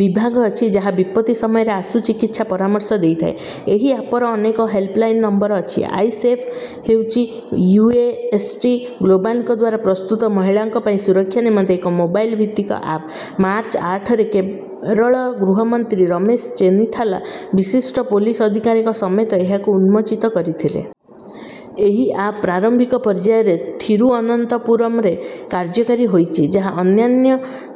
ବିଭାଗ ଅଛି ଯାହା ବିପତ୍ତି ସମୟରେ ଆଶୁ ଚିକିତ୍ସା ପରାମର୍ଶ ଦେଇଥାଏ। ଏହି ଆପର ଅନେକ ହେଲ୍ପଲାଇନ ନମ୍ବର ଅଛି। ଆଇ ସେଫ ହେଉଛି ୟୁଏସଟି ଗ୍ଲୋବାଲଙ୍କ ଦ୍ୱାରା ପ୍ରସ୍ତୁତ ମହିଳାଙ୍କ ପାଇଁ ସୁରକ୍ଷା ନିମନ୍ତେ ଏକ ମୋବାଇଲ ଭିତ୍ତିକ ଆପ। ମାର୍ଚ୍ଚ ଆଠ ରେ କେରଳ ଗୃହମନ୍ତ୍ରୀ ରମେଶ ଚେନିଥାଲା ବିଶିଷ୍ଟ ପୋଲିସ ଅଧିକାରୀଙ୍କ ସମେତ ଏହାକୁ ଉନ୍ମୋଚିତ କରିଥିଲେ। ଏହି ଆପ ପ୍ରାରମ୍ଭିକ ପର୍ଯ୍ୟାୟରେ ଥିରୁଅନନ୍ତପୁରମରେ କାର୍ଯ୍ୟକାରୀ ହୋଇଛି ଯାହା ଅନ୍ୟାନ୍ୟ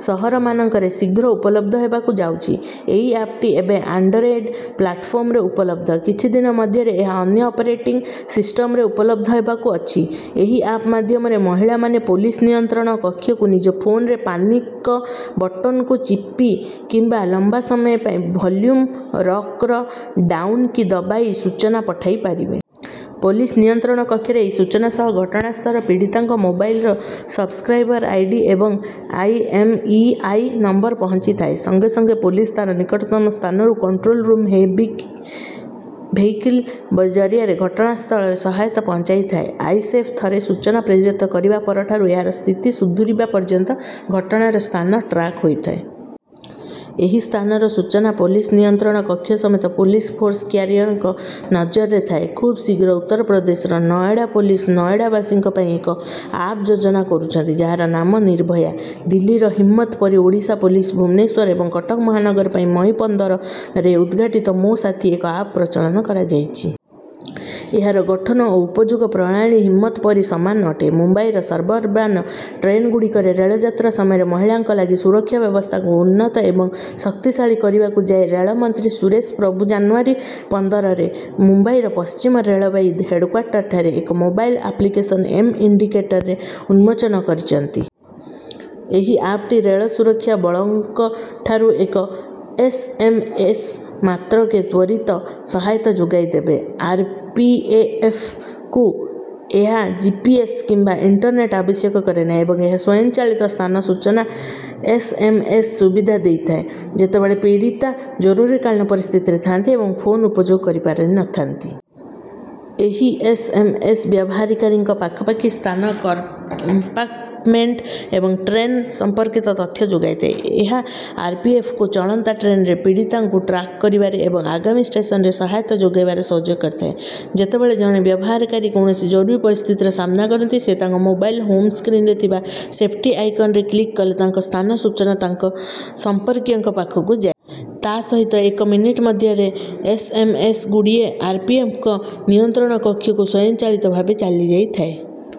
ସହରମାନଙ୍କରେ ଶୀଘ୍ର ଉପଲବ୍ଧ ହେବାକୁ ଯାଉଛି। ଏହି ଆପଟି ଏବେ ଆଣ୍ଡରଏଡ ପ୍ଲାଟଫର୍ମରେ ଉପଲବ୍ଧ। କିଛି ଦିନ ମଧ୍ୟରେ ଏହା ଅନ୍ୟ ଅପରେଟିଂ ସିଷ୍ଟମରେ ଉପଲବ୍ଧ ହେବାକୁ ଅଛି। ଏହି ଆପ ମାଧ୍ୟମରେ ମହିଳାମାନେ ପୋଲିସ ନିୟନ୍ତ୍ରଣ କକ୍ଷକୁ ନିଜ ଫୋନର ପାନିକ ବଟନକୁ ଚିପି କିମ୍ବା ଲମ୍ବା ସମୟ ପାଇଁ ଭଲ୍ୟୁମ ରକର ଡାଉନ କି ଦବାଇ ସୂଚନା ପଠାଇପାରିବେ। ପୋଲିସ ନିୟନ୍ତ୍ରଣ କକ୍ଷରେ ଏହି ସୂଚନା ସହ ଘଟଣାସ୍ଥଳ, ପୀଡିତାଙ୍କ ମୋବାଇଲର ସବସ୍କ୍ରାଇବର ଆଇଡି ଏବଂ ଆଇଏମଇଆଇ ନମ୍ବର ପହଞ୍ଚିଥାଏ। ସଙ୍ଗେ ସଙ୍ଗେ ପୋଲିସ ତାର ନିକଟତମ ସ୍ଥାନରୁ କଣ୍ଟ୍ରୋଲ ରୁମ ହେଇବିକ ଭେହିକିଲ ଜରିଆରେ ଘଟଣାସ୍ଥଳରେ ସହାୟତା ପହଞ୍ଚାଇଥାଏ। ଆଇ ସେଫ ଥରେ ସୂଚନା ପ୍ରେରିତ କରିବା ପରଠାରୁ ଏହାର ସ୍ଥିତି ସୁଧୁରିବା ପର୍ଯ୍ୟନ୍ତ ଘଟଣାର ସ୍ଥାନ ଟ୍ରାକ ହେଉଥାଏ। ଏହି ସ୍ଥାନର ସୂଚନା ପୋଲିସ ନିୟନ୍ତ୍ରଣ କକ୍ଷ ସମେତ ପୋଲିସ ଫୋର୍ସ କ୍ୟାରିଅରଙ୍କ ନଜରରେ ଥାଏ। ଖୁବ ଶୀଘ୍ର ଉତ୍ତରପ୍ରଦେଶର ନଏଡା ପୋଲିସ ନଏଡାବାସୀଙ୍କ ପାଇଁ ଏକ ଆପ ଯୋଜନା କରୁଛନ୍ତି ଯାହାର ନାମ ନିର୍ଭୟା। ଦିଲ୍ଲୀର ହିମ୍ମତ ପରି ଓଡ଼ିଶା ପୋଲିସ ଭୁବନେଶ୍ୱର ଏବଂ କଟକ ମହାନଗର ପାଇଁ ମଇ ପନ୍ଦର ରେ ଉଦ୍ଘାଟିତ ମୋ ସାଥୀ ଏକ ଆପ ପ୍ରଚଳନ କରାଯାଇଛି। ଏହାର ଗଠନ ଓ ଉପଯୋଗ ପ୍ରଣାଳୀ ହିମ୍ମତ ପରି ସମାନ ଅଟେ। ମୁମ୍ବାଇର ସବର୍ବାନ ଟ୍ରେନଗୁଡ଼ିକରେ ରେଳଯାତ୍ରା ସମୟରେ ମହିଳାଙ୍କ ଲାଗି ସୁରକ୍ଷା ବ୍ୟବସ୍ଥାକୁ ଉନ୍ନତ ଏବଂ ଶକ୍ତିଶାଳୀ କରିବାକୁ ଯାଇ ରେଳମନ୍ତ୍ରୀ ସୁରେଶ ପ୍ରଭୁ ଜାନୁଆରୀ ପନ୍ଦର ରେ ମୁମ୍ବାଇର ପଶ୍ଚିମ ରେଳବାଇ ହେଡକ୍ୱାର୍ଟରଠାରେ ଏକ ମୋବାଇଲ ଆପ୍ଲିକେସନ ଏମ ଇଣ୍ଡିକେଟର ଉନ୍ମୋଚନ କରିଛନ୍ତି। ଏହି ଆପଟି ରେଳ ସୁରକ୍ଷା ବଳଙ୍କଠାରୁ ଏକ ଏସଏମଏସ ମାତ୍ରକେ ତ୍ୱରିତ ସହାୟତା ଯୋଗାଇଦେବ। ଆରପିଏଫକୁ ଏହା ଜିପିଏସ କିମ୍ବା ଇଣ୍ଟରନେଟ ଆବଶ୍ୟକ କରେନାହିଁ ଏବଂ ଏହା ସ୍ୱୟଂଚାଳିତ ସ୍ଥାନ ସୂଚନା ଏସଏମଏସ ସୁବିଧା ଦେଇଥାଏ ଯେତେବେଳେ ପୀଡିତା ଜରୁରୀକାଳୀନ ପରିସ୍ଥିତିରେ ଥାଆନ୍ତି ଏବଂ ଫୋନ ଉପଯୋଗ କରିପାରିନଥାନ୍ତି। ଏହି ଏସଏମଏସ ବ୍ୟବହାରକାରୀଙ୍କ ପାଖାପାଖି ସ୍ଥାନ, କମ୍ପାର୍ଟମେଣ୍ଟ ଏବଂ ଟ୍ରେନ ସମ୍ପର୍କିତ ତଥ୍ୟ ଯୋଗାଇଥାଏ। ଏହା ଆରପିଏଫକୁ ଚଳନ୍ତା ଟ୍ରେନରେ ପୀଡିତାଙ୍କୁ ଟ୍ରାକ କରିବାରେ ଏବଂ ଆଗାମୀ ଷ୍ଟେସନରେ ସହାୟତା ଯୋଗାଇବାରେ ସହଯୋଗ କରିଥାଏ। ଯେତେବେଳେ ଜଣେ ବ୍ୟବହାରକାରୀ କୌଣସି ଜରୁରୀ ପରିସ୍ଥିତିର ସାମ୍ନା କରନ୍ତି ସେ ତାଙ୍କ ମୋବାଇଲ ହୋମ ସ୍କ୍ରିନରେ ଥିବା ସେଫଟି ଆଇକନରେ କ୍ଲିକ କଲେ ତାଙ୍କ ସ୍ଥାନ ସୂଚନା ତାଙ୍କ ସମ୍ପର୍କୀୟଙ୍କ ପାଖକୁ ଯାଏ। ତା ସହିତ ଏକ ମିନିଟ ମଧ୍ୟରେ ଏସଏମଏସ ଗୁଡ଼ିଏ ଆରପିଏଫଙ୍କ ନିୟନ୍ତ୍ରଣ କକ୍ଷକୁ ସ୍ୱୟଂଚାଳିତ ଭାବେ ଚାଲିଯାଇଥାଏ।